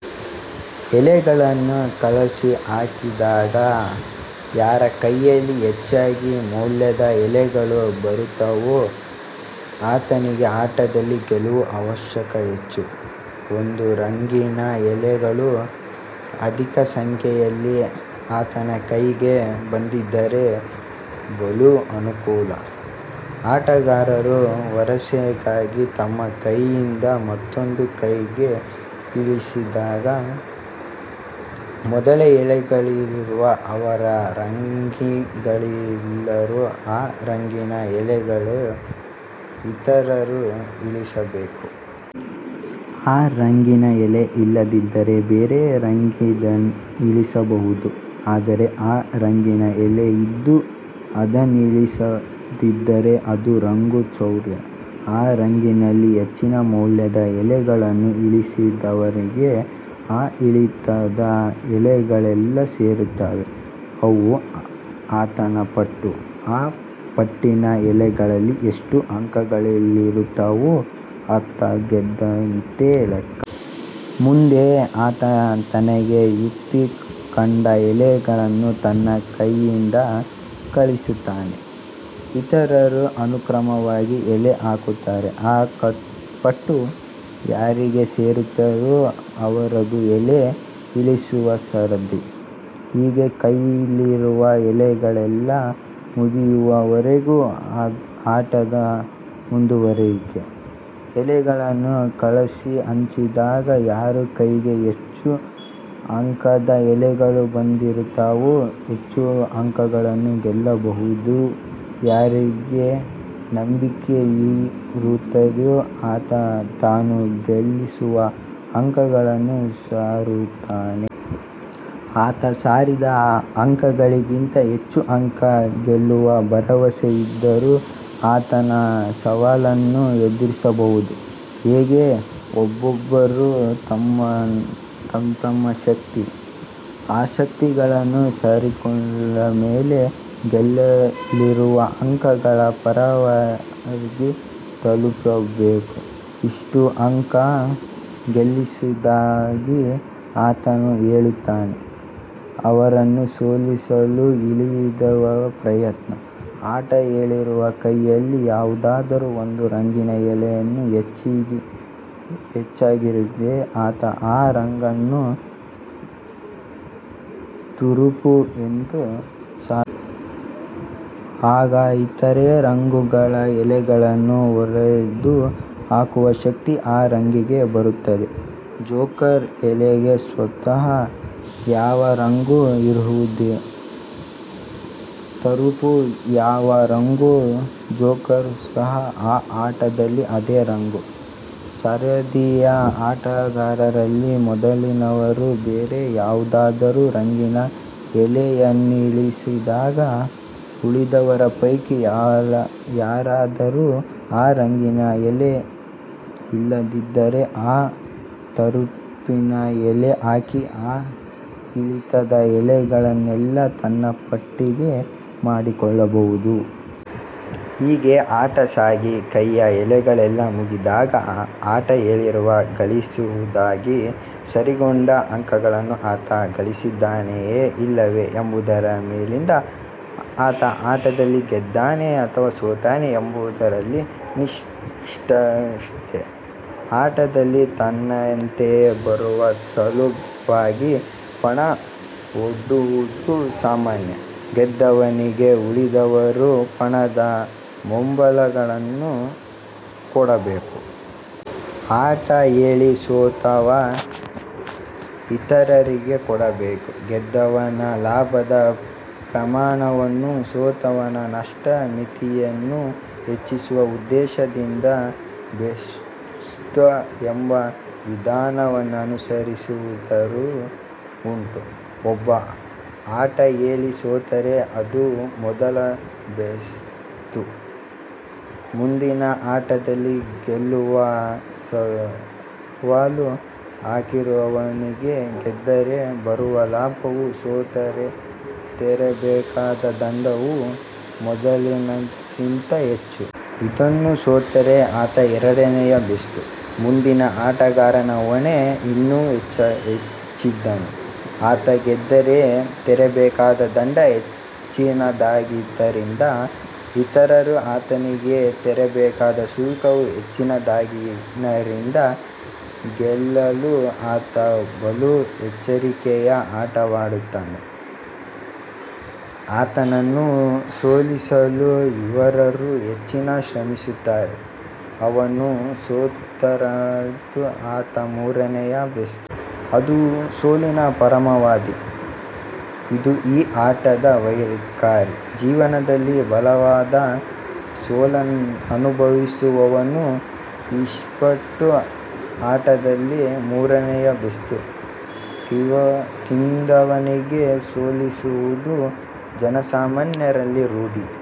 ಎಲೆಗಳನ್ನು ಕಲಸಿ ಹಾಕಿದಾಗ ಯಾರ ಕೈಯಲ್ಲಿ ಹೆಚ್ಚಿನ ಮೌಲ್ಯದ ಎಲೆಗಳು ಬರುತ್ತವೋ ಆತನಿಗೆ ಆಟದಲ್ಲಿ ಗೆಲ್ಲುವ ಅವಕಾಶ ಹೆಚ್ಚು. ಒಂದೇ ರಂಗಿನ ಎಲೆಗಳು ಅಧಿಕ ಸಂಖ್ಯೆಯಲ್ಲಿ ಆತನ ಕೈಗೆ ಬಂದಿದ್ದರೆ ಬಲು ಅನುಕೂಲ. ಆಟಗಾರರು ವರಸೆಯಾಗಿ ತಮ್ಮ ಕೈಯಿಂದ ಒಂದೊಂದು ಎಲೆಯನ್ನು ಇಳಿಸಿದಾಗ ಮೊದಲು ಎಲೆಯಿಳಿಸಿದವ ಯಾವ ರಂಗನ್ನಿಳಿಸುತ್ತಾನೋ ಆ ರಂಗಿನ ಎಲೆಗಳನ್ನೇ ಇತರರು ಇಳಿಸಬೇಕು. ಆ ರಂಗಿನ ಎಲೆ ಇಲ್ಲದಿದ್ದರೆ ಬೇರೆ ರಂಗಿನದನ್ನಿಳಿಸಬಹುದು. ಆದರೆ ಆ ರಂಗಿನ ಎಲೆ ಇದ್ದು ಅದನ್ನಿಳಿಸದಿದ್ದರೆ ಅದು ರಂಗು ಚೌರ್ಯ. ಆ ರಂಗಿನಲ್ಲಿ ಹೆಚ್ಚಿನ ಮೌಲ್ಯದ ಎಲೆಯನ್ನು ಇಳಿಸಿದವನಿಗೆ ಆ ಇಳಿತದ ಎಲೆಗಳೆಲ್ಲ ಸೇರುತ್ತವೆ. ಅವು ಆತನ ಪಟ್ಟು. ಆ ಪಟ್ಟಿನ ಎಲೆಗಳಲ್ಲಿ ಎಷ್ಟು ಅಂಕಗಳಿರುತ್ತವೋ ಆತ ಗೆದ್ದಂತೆ ಲೆಕ್ಕ. ಮುಂದೆ ಆತ ತನಗೆ ಯುಕ್ತ ಕಂಡ ಎಲೆಯನ್ನು ತನ್ನ ಕೈಯಿಂದ ಕಳಿಸುತ್ತಾನೆ. ಇತರರು ಅನುಕ್ರಮವಾಗಿ ಎಲೆ ಹಾಕುತ್ತಾರೆ. ಈ ಪಟ್ಟು ಯಾರಿಗೆ ಸೇರುತ್ತದೋ ಅವರದು ಎಲೆ ಇಳಿಸುವ ಸರದಿ. ಹೀಗೆ ಕೈಲಿರುವ ಎಲೆಗಳೆಲ್ಲ ಮುಗಿಯುವ ವರೆಗೂ ಆಟದ ಮುಂದುವರಿಕೆ. ಎಲೆಗಳನ್ನು ಕಲಸಿ ಹಂಚಿದಾಗ ಯಾರ ಕೈಗೆ ಹೆಚ್ಚು ಅಂಕದ ಎಲೆಗಳು ಬಂದಿರುತ್ತವೋ ಹೆಚ್ಚು ಅಂಕಗಳನ್ನು ಗೆಲ್ಲಬಹುದೆಂದು ಯಾರಿಗೆ ನಂಬಿಕೆಯಿರುತ್ತದೋ ಆತ ತಾನು ಗಳಿಸುವ ಅಂಕಗಳನ್ನು ಸಾರುತ್ತಾನೆ. ಆತ ಸಾರಿದ ಅಂಕಗಳಿಗಿಂತ ಹೆಚ್ಚು ಅಂಕ ಗೆಲ್ಲುವ ಭರವಸೆಯಿದ್ದವರು ಈತನ ಸವಾಲನ್ನು ಎದುರಿಸಬಹುದು. ಹೀಗೆ ಒಬ್ಬೊಬ್ಬರು ತಂತಮ್ಮ ಶಕ್ತಿ. ಅಶಕ್ತಿಗಳನ್ನು ಸಾರಿಕೊಂಡಮೇಲೆ, ಗೆಲ್ಲಲಿರುವ ಅಂಕಗಳ ಪರಮಾವಧಿ ತಲುಪಿರುತ್ತದೆ. ಇಷ್ಟು ಅಂಕ ಗಳಿಸುವುದಾಗಿ ಯಾವಾತ ಹೇಳುತ್ತಾನೋ ಅವನನ್ನು ಸೋಲಿಸಲು ಉಳಿದವರ ಪ್ರಯತ್ನ, ಆಟ ಹೇಳಿದವನ ಕೈಯಲ್ಲಿ ಯಾವುದಾದರೂ ಒಂದು ರಂಗಿನ ಎಲೆಗಳು ಹೆಚ್ಚಾಗಿದ್ದರೆ ಆತ ಆ ರಂಗನ್ನು ತುರುಪು ಎಂದು ಸಾರಬಹುದು. ಆಗ ಇತರ ರಂಗುಗಳ ಎಲೆಗಳನ್ನು ಹೊಡೆದು ಹಾಕುವ ಶಕ್ತಿ ಆ ರಂಗಿಗೆ ಬರುತ್ತದೆ. ಜೋಕರ್ ಎಲೆಗೆ ಸ್ವತಃ ಯಾವ ರಂಗೂ ಇಲ್ಲದಿದ್ದರೂ ತುರುಪು ಯಾವ ರಂಗೋ ಜೋಕರಿಗೂ ಆ ಆಟದಲ್ಲಿ ಅದೇ ರಂಗು. ಸರದಿಯ ಆಟಗಾರರಲ್ಲಿ ಮೊದಲಿನವನ ಬೇರೆ ಯಾವುದಾದರೂ ರಂಗಿನ ಎಲೆಯನ್ನಿಳಿಸಿದಾಗ, ಉಳಿದವರ ಪೈಕಿ ಯಾರಲ್ಲಾದರೂ ಆ ರಂಗಿನ ಎಲೆ ಇಲ್ಲದಿದ್ದರೆ ಆತ ತುರುಪಿನ ಎಲೆ ಹಾಕಿ ಆ ಇಳಿತದ ಎಲೆಗಳನ್ನೆಲ್ಲ ತನ್ನ ಪಟ್ಟಾಗಿ ಮಾಡಿಕೊಳ್ಳಬಹುದು. ಹೀಗೆ ಆಟ ಸಾಗಿ ಕೈಯ ಎಲೆಗಳೆಲ್ಲ ಮುಗಿದಾಗ ಆಟ ಹೇಳಿದವ ಗಳಿಸುವುದಾಗಿ ಸಾರಿಕೊಂಡ ಅಂಕಗಳನ್ನು ಆತ ಗಳಿಸಿದ್ದಾನೆಯೆ ಇಲ್ಲವೆ ಎಂಬುದರ ಮೇಲಿಂದ ಆತ ಆಟದಲ್ಲಿ ಗೆದ್ದನೆ, ಸೋತನೆ ಎಂಬುದರಲ್ಲಿ ನಿಷ್ಕರ್ಷೆ. ಆಟದಲ್ಲಿ ತನ್ಮಯತೆ ಬರುವ ಸಲುವಾಗಿ ಪಣ ಒಡ್ಡುವುದೂ ಸಾಮಾನ್ಯ. ಗೆದ್ದವನಿಗೆ ಉಳಿದವರು ಪಣದ ಮೊಬಲಗನ್ನು ಕೊಡಬೇಕು. ಆಟ ಹೇಳಿ ಸೋತವ ಇತರರಿಗೆ ಕೊಡಬೇಕು. ಗೆದ್ದವನ ಲಾಭದ ಪ್ರಮಾಣವನ್ನೂ ಸೋತವನ ನಷ್ಟ ಮಿತಿಯನ್ನೂ ಹೆಚ್ಚಿಸುವ ಉದ್ದೇಶದಿಂದ ಬೇಸ್ತು ಎಂಬ ವಿಧಾನವನ್ನನುಸರಿಸುವುದೂ ಉಂಟು. ಒಬ್ಬ ಆಟ ಹೇಳಿ ಸೋತರೆ ಅದು ಮೊದಲ ಬೇಸ್ತು. ಮುಂದಿನ ಆಟದಲ್ಲಿ ಗೆಲ್ಲುವ ಸವಾಲು ಹಾಕಿದವನಿಗೆ ಗೆದ್ದರೆ ಬರುವ ಲಾಭವೂ ಸೋತರೆ ತೆರಬೇಕಾದ ದಂಡವೂ ಮೊದಲಿನದಕ್ಕಿಂತ ಹೆಚ್ಚು. ಇವನೂ ಸೋತರೆ ಅದು ಎರಡನೆಯ ಬೇಸ್ತು. ಮುಂದಿನ ಆಟಗಾರನ ಹೊಣೆ ಇನ್ನೂ ಹೆಚ್ಚಿನದು. ಆತ ಗೆದ್ದರೆ ತೆರಬೇಕಾದ ದಂಡ ಹೆಚ್ಚಿನದಾದ್ದರಿಂದ, ಇತರರು ಆತನಿಗೆ ತೆರಬೇಕಾದ ಶುಲ್ಕವೂ ಹೆಚ್ಚಿನವಾದ್ದರಿಂದ ಗೆಲ್ಲಲು ಆತ ಬಲು ಎಚ್ಚರಿಕೆಯ ಆಟವಾಡುತ್ತಾನೆ. ಆತನನ್ನು ಸೋಲಿಸಲು ಇತರರು ಹೆಚ್ಚಾಗಿ ಶ್ರಮಿಸುತ್ತಾರೆ. ಅವನು ಸೋತರಂತೂ ಅದು ಮೂರನೆಯ ಬೇಸ್ತು. ಅದು ಸೋಲಿನ ಪರಮಾವಧಿ. ಇದು ಈ ಆಟದ ವೈಖರಿ. ಜೀವನದಲ್ಲಿ ಬಲವಾದ ಸೋಲನ್ನನುಭಸಿದವನನ್ನು ಇಸ್ಪೀಟು ಆಟದಲ್ಲಿ ಮೂರನೆಯ ಬೇಸ್ತು ತಿಂದವನಿಗೆ ಹೋಲಿಸುವುದು ಜನಸಾಮಾನ್ಯರಲ್ಲಿ ರೂಢಿ.